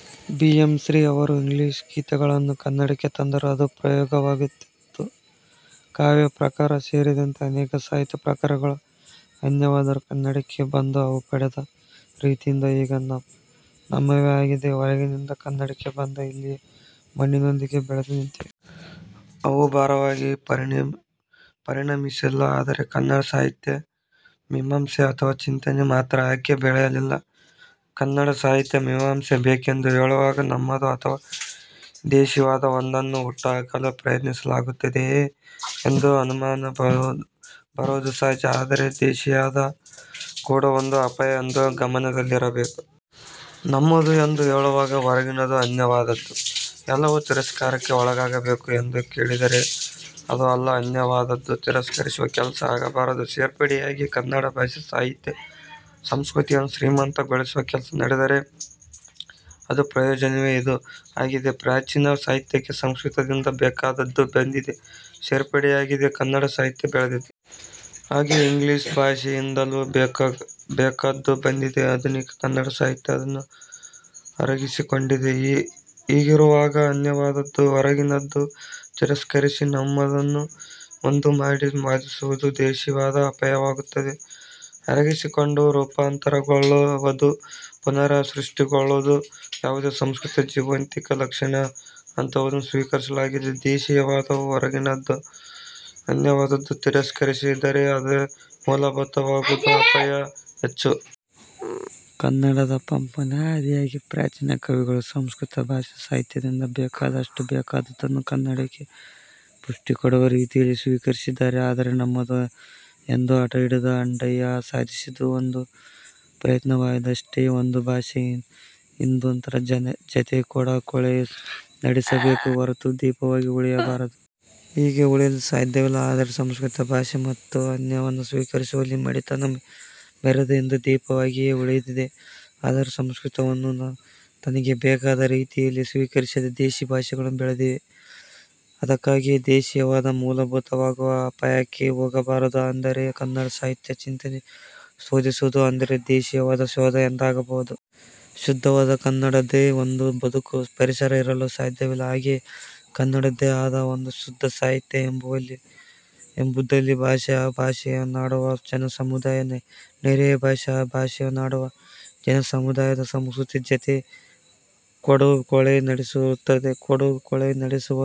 . B. M. Shri ಅವರು 'English ಗೀತ'ಗಳನ್ನು ಕನ್ನಡಕ್ಕೆ ತಂದರು. ಅದು ಪ್ರಯೋಗವಾಗಿತ್ತು. ಕಾವ್ಯ ಪ್ರಕಾರ ಸೇರಿದಂತೆ ಅನೇಕ ಸಾಹಿತ್ಯ ಪ್ರಕಾರಗಳು ಅನ್ಯವಾದರೂ ಕನ್ನಡಕ್ಕೆ ಬಂದು ಅವು ಪಡೆದ ರೀತಿಯಿಂದ ಈಗ ನಮ್ಮವೇ ಆಗಿವೆ. ಹೊರಗಿನಿಂದ ಕನ್ನಡಕ್ಕೆ ಬಂದು, ಇಲ್ಲಿಯ ಮಣ್ಣಿನೊಂದಿಗೆ ಬೆಳೆದು ನಿಂತಿವೆ. ಅವು ಭಾರವಾಗಿ ಪರಿಣಮಿಸಿಲ್ಲ. ಆದರೆ ಕನ್ನಡ ಸಾಹಿತ್ಯ ಮೀಮಾಂಸೆ ಅಥವಾ ಚಿಂತನೆ ಮಾತ್ರ ಯಾಕೆ ಬೆಳೆಯಲಿಲ್ಲ?. ಕನ್ನಡ ಸಾಹಿತ್ಯ ಮೀಮಾಂಸೆ ಬೇಕೆಂದು ಹೇಳುವಾಗ, ನಮ್ಮದು ಅಥವಾ ದೇಶಿವಾದ ಒಂದನ್ನು ಹುಟ್ಟುಹಾಕಲು ಪ್ರಯತ್ನಿಸಲಾಗುತ್ತಿದೆಯೇ? ಎಂದು ಅನುಮಾನ ಬರುವುದು ಸಹಜ. ಆದರೆ ದೇಶಿವಾದ ಕೂಡ ಒಂದು ಅಪಾಯ ಎಂದು ಗಮನದಲ್ಲಿರಬೇಕು. ನಮ್ಮದು ಎಂದು ಹೇಳುವಾಗ ಹೊರಗಿನದು ಅನ್ಯವಾದದ್ದು ಎಲ್ಲವೂ ತಿರಸ್ಕಾರಕ್ಕೆ ಒಳಗಾಗಬೇಕು ಎಂದು ಕೇಳಿದರೆ ಅದೂ ಅಲ್ಲ. ಅನ್ಯವಾದದ್ದು ತಿರಸ್ಕರಿಸುವ ಕೆಲಸ ಆಗಬಾರದು. ಸೇರ್ಪಡೆ ಯಾಗಿ ಕನ್ನಡ ಭಾಷೆ, ಸಾಹಿತ್ಯ, ಸಂಸ್ಕೃತಿಯನ್ನು ಶ್ರೀಮಂತ ಗೊಳಿಸುವ ಕೆಲಸ ನಡೆದರೆ ಅದು ಪ್ರಯೋಜನವೇ. ಇದು ಆಗಿದೆ. ಕನ್ನಡ ಪ್ರಾಚೀನ ಸಾಹಿತ್ಯಕ್ಕೆ ಸಂಸ್ಕೃತದಿಂದ ಬೇಕಾದದ್ದು ಬಂದಿದೆ; ಸೇರ್ಪಡೆಯಾಗಿದೆ; ಕನ್ನಡ ಸಾಹಿತ್ಯ ಬೆಳೆದಿದೆ. ಹಾಗೆ ಇಂಗ್ಲಿಶ್ ಭಾಷೆಯಿಂದಲೂ ಬೇಕಾದ್ದು ಬಂದಿದೆ. ಆಧುನಿಕ ಕನ್ನಡ ಸಾಹಿತ್ಯ ಅದನ್ನು ಅರಗಿಸಿಕೊಂಡಿದೆ. ಹೀಗಿರುವಾಗ ಅನ್ಯವಾದದ್ದು ಹೊರಗಿನದನ್ನು ತಿರಸ್ಕರಿಸಿ ನಮ್ಮದನ್ನು ಮುಂದುಮಾಡಿ ವಾದಿಸುವುದು ದೇಶಿವಾದದ ಅಪಾಯವಾಗುತ್ತದೆ. ಅರಗಿಸಿಕೊಂಡು ರೂಪಾಂತರಗೊಳ್ಳು ವುದು, ಪುನರ್ ಸೃಷ್ಟಿಗೊಳ್ಳುವುದು ಯಾವುದೇ ಸಂಸ್ಕೃತಿಯ ಜೀವಂತಿಕೆಯ ಲಕ್ಷಣ. ಅಂಥದ್ದನ್ನು ಸ್ವೀಕರಿಸಲಾಗಿದೆ. ದೇಶಿವಾದವು ಹೊರಗಿನದನ್ನು, ಅನ್ಯವಾದದನ್ನು ತರಿಸ್ಕರಿಸಿ ದರೆ ಅದು ಮೂಲಭೂತವಾದವಾಗುವ ಅಪಾಯವೇ ಹೆಚ್ಚು. ಕನ್ನಡದ ಪಂಪನ ಆದಿಯಾಗಿ ಪ್ರಾಚೀನ ಕವಿಗಳು ಸಂಸ್ಕೃತ ಭಾಷೆ – ಸಾಹಿತ್ಯದಿಂದ ಬೇಕಾದಷ್ಟು, ಬೇಕಾದದ್ದನ್ನು ಕನ್ನಡಕ್ಕೆ ಪುಷ್ಠಿಕೊಡುವ ರೀತಿಯಲ್ಲಿ ಸ್ವೀಕರಿಸಿದ್ದಾರೆ. ಆದರೆ 'ನಮ್ಮದು' ಎಂದು ಹಠ ಹಿಡಿದ ಅಂಡಯ್ಯ ಸಾಧಿಸಿದ್ದು ಒಂದು ಪ್ರಯತ್ನವಾಗಿದೆಯಷ್ಟೆ. ಒಂದು ಭಾಷೆ ಇನ್ನೊಂದರ ಜತೆ ಕೊಡು – ಕೊಳೆ ನಡೆಸಬೇಕೇ ಹೊರತು ದ್ವೀಪವಾಗಿ ಉಳಿಯಬಾರದು. ಹೀಗೆ ಉಳಿಯಲು ಸಾಧ್ಯವಿಲ್ಲ. ಆದರೆ ಸಂಸ್ಕೃತ ಭಾಷೆ ಮತ್ತು ಸಾಹಿತ್ಯ ಅನ್ಯವನ್ನು ಸ್ವೀಕರಿಸುವಲ್ಲಿ ಮಡಿತನ ಮೆರೆದು ಇಂದು ದ್ವೀಪವಾಗಿಯೇ ಉಳಿದಿದೆ. ಆದರೆ ಸಂಸ್ಕೃತವನ್ನು ತನಗೆ ಬೇಕಾದ ರೀತಿ ಯಲ್ಲಿ ಸ್ವೀಕರಿಸಿದ ದೇಶಿ ಭಾಷೆಗಳು ಬೆಳೆದಿವೆ. ಅದಕ್ಕಾಗಿ ದೇಶಿವಾದ ಮೂಲಭೂತವಾಗುವ ಅಪಾಯಕ್ಕೆ ಹೋಗಬಾರದು. ಅಂದರೆ ಕನ್ನಡ ಸಾಹಿತ್ಯ ಚಿಂತನೆ ಶೋಧಿಸುವುದು ಅಂದರೆ ದೇಶಿವಾದದ ಶೋಧ ಎಂದಾಗಬಾರದು. ಶುದ್ಧವಾದ ಕನ್ನಡದ್ದೇ ಒಂದು ಬದುಕು, ಪರಿಸರ ಇರಲು ಸಾಧ್ಯವಿಲ್ಲ. ಹಾಗೆಯೇ ಕನ್ನಡದ್ದೇ ಆದ ಒಂದು ಶುದ್ಧ ಸಾಹಿತ್ಯ ಎಂಬುದಿಲ್ಲ. ಭಾಷೆ, ಆ ಭಾಷೆಯನ್ನಾಡುವ ಜನಸಮುದಾಯ ನೆರೆಯ ಭಾಷೆ, ಆ ಭಾಷೆಯನ್ನಾಡುವ ಜನಸಮುದಾಯದ ಸಂಸ್ಕೃತಿಯ ಜತೆ ಕೊಡು ಕೊಳೆ ನಡೆಸಿರುತ್ತದೆ. ಕೊಡು ಕೊಳೆ ನಡೆಸುವ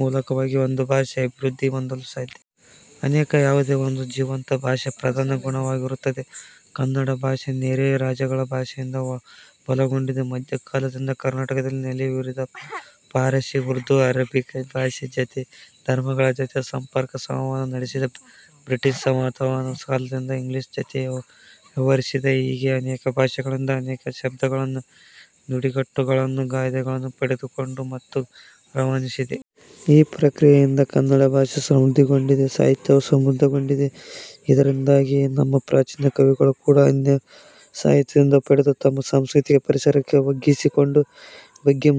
ಮೂಲಕವಾಗಿ ಒಂದು ಭಾಷೆ ಅಭಿವೃದ್ದಿ ಹೊಂದಲು ಸಾಧ್ಯ. ಇದು ಯಾವುದೇ ಒಂದು ಜೀವಂತ ಭಾಷೆಯ ಪ್ರಧಾನ ಗುಣವಾಗಿರುತ್ತದೆ. ಕನ್ನಡ ಭಾಷೆ ನೆರೆಯ ರಾಜ್ಯಗಳ ಭಾಷೆಯಿಂದ ಬಲಗೊಂಡಿದೆ. ಮಧ್ಯಕಾಲದಿಂದ ಕರ್ನಾಟಕದಲ್ಲಿ ನೆಲೆಯೂರಿದ ಫಾರಶಿ, ಉರ್ದು, ಅರೇಬಿಕ್ ಭಾಷೆಯ ಜತೆ, ಧರ್ಮಗಳ ಜತೆ ಸಂಪರ್ಕ ಸಂವಹನ ನಡೆಸಿದೆ. ಬ್ರಿಟಿಶ್ ವಸಾಹತು ಕಾಲದಿಂದ ಇಂಗ್ಲಿಶ್ ಜತೆ ವ್ಯವಹರಿಸಿದೆ. ಹೀಗೆ ಅನೇಕ ಭಾಷೆಗಳಿಂದ ಅನೇಕ ಶಬ್ದಗಳನ್ನು, ನುಡಿಗಟ್ಟು ಗಳನ್ನು, ಗಾದೆಗಳನ್ನು ಪಡೆದುಕೊಂಡಿದೆ ಮತ್ತು ರವಾನಿಸಿದೆ. ಈ ಪ್ರಕ್ರಿಯೆಯಿಂದ ಕನ್ನಡ ಭಾಷೆ ಸಮೃದ್ಧಗೊಂಡಿದೆ. ಸಾಹಿತ್ಯವೂ ಸಮೃದ್ಧಗೊಂಡಿದೆ. ಇದರಿಂದಾಗಿಯೇ ನಮ್ಮ ಪ್ರಾಚೀನ ಕವಿಗಳು ಕೂಡ ಅನ್ಯ ಸಾಹಿತ್ಯದಿಂದ ಪಡೆದು ತಮ್ಮ ಸಾಂಸ್ಕೃತಿಕ ಪರಿಸರಕ್ಕೆ ಒಗ್ಗಿಸಿಕೊಂಡ ಬಗ್ಗೆ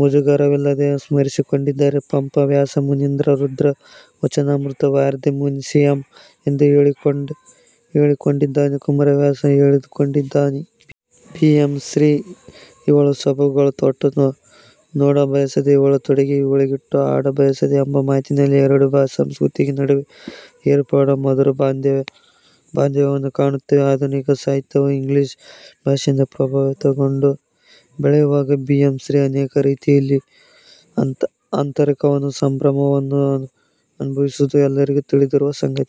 ಮುಜುಗರವಿಲ್ಲದೆ ಸ್ಮರಿಸಿಕೊಂಡಿದ್ದಾರೆ. ಪಂಪ 'ವ್ಯಾಸಮುನೀಂದ್ರ ರುಂದ್ರ ವಚನಾಮೃತ ವಾರ್ಧಿಯನೀಸುವೆಂ' ಎಂದು ಹೇಳಿಕೊಂಡಿ ದ್ದಾನೆ. ಕುಮಾರವ್ಯಾಸನೂ ಹೇಳಿಕೊಂಡಿದ್ದಾನೆ. ಬಿ. ಎಂ. ಶ್ರೀ 'ಇವಳ ಸೊಬಗನವಳು ತೊಟ್ಟು ನೋಡಬಯಸಿದೆ. ಅವಳ ತೊಡಿಗೆ ಇವಳಿಗಿಟ್ಟು ಹಾಡ ಬಯಸಿದೆ' ಎಂಬ ಮಾತಿನಲ್ಲಿ ಎರಡು ಭಾಷೆ ಸಂಸ್ಕೃತಿಗಳ ನಡುವೆ ಏರ್ಪಡುವ ಮಧುರ ಬಾಂಧವ್ಯವನ್ನು ಕಾಣುತ್ತೇವೆ. ಆಧುನಿಕ ಸಾಹಿತ್ಯವು ಇಂಗ್ಲಿಶ್ ಭಾಷೆಯಿಂದ ಪ್ರಭಾವಿತಗೊಂಡು ಬೆಳೆಯುವಾಗ ಬಿ. ಎಂ. ಶ್ರೀ. ಅನೇಕ ರೀತಿಯಲ್ಲಿ ಆತಂಕವನ್ನೂ ಸಂಭ್ರಮವನ್ನು ಅನುಭವಿಸಿರುವುದು ಎಲ್ಲರಿಗೂ ತಿಳಿದಿರುವ ಸಂಗತಿ.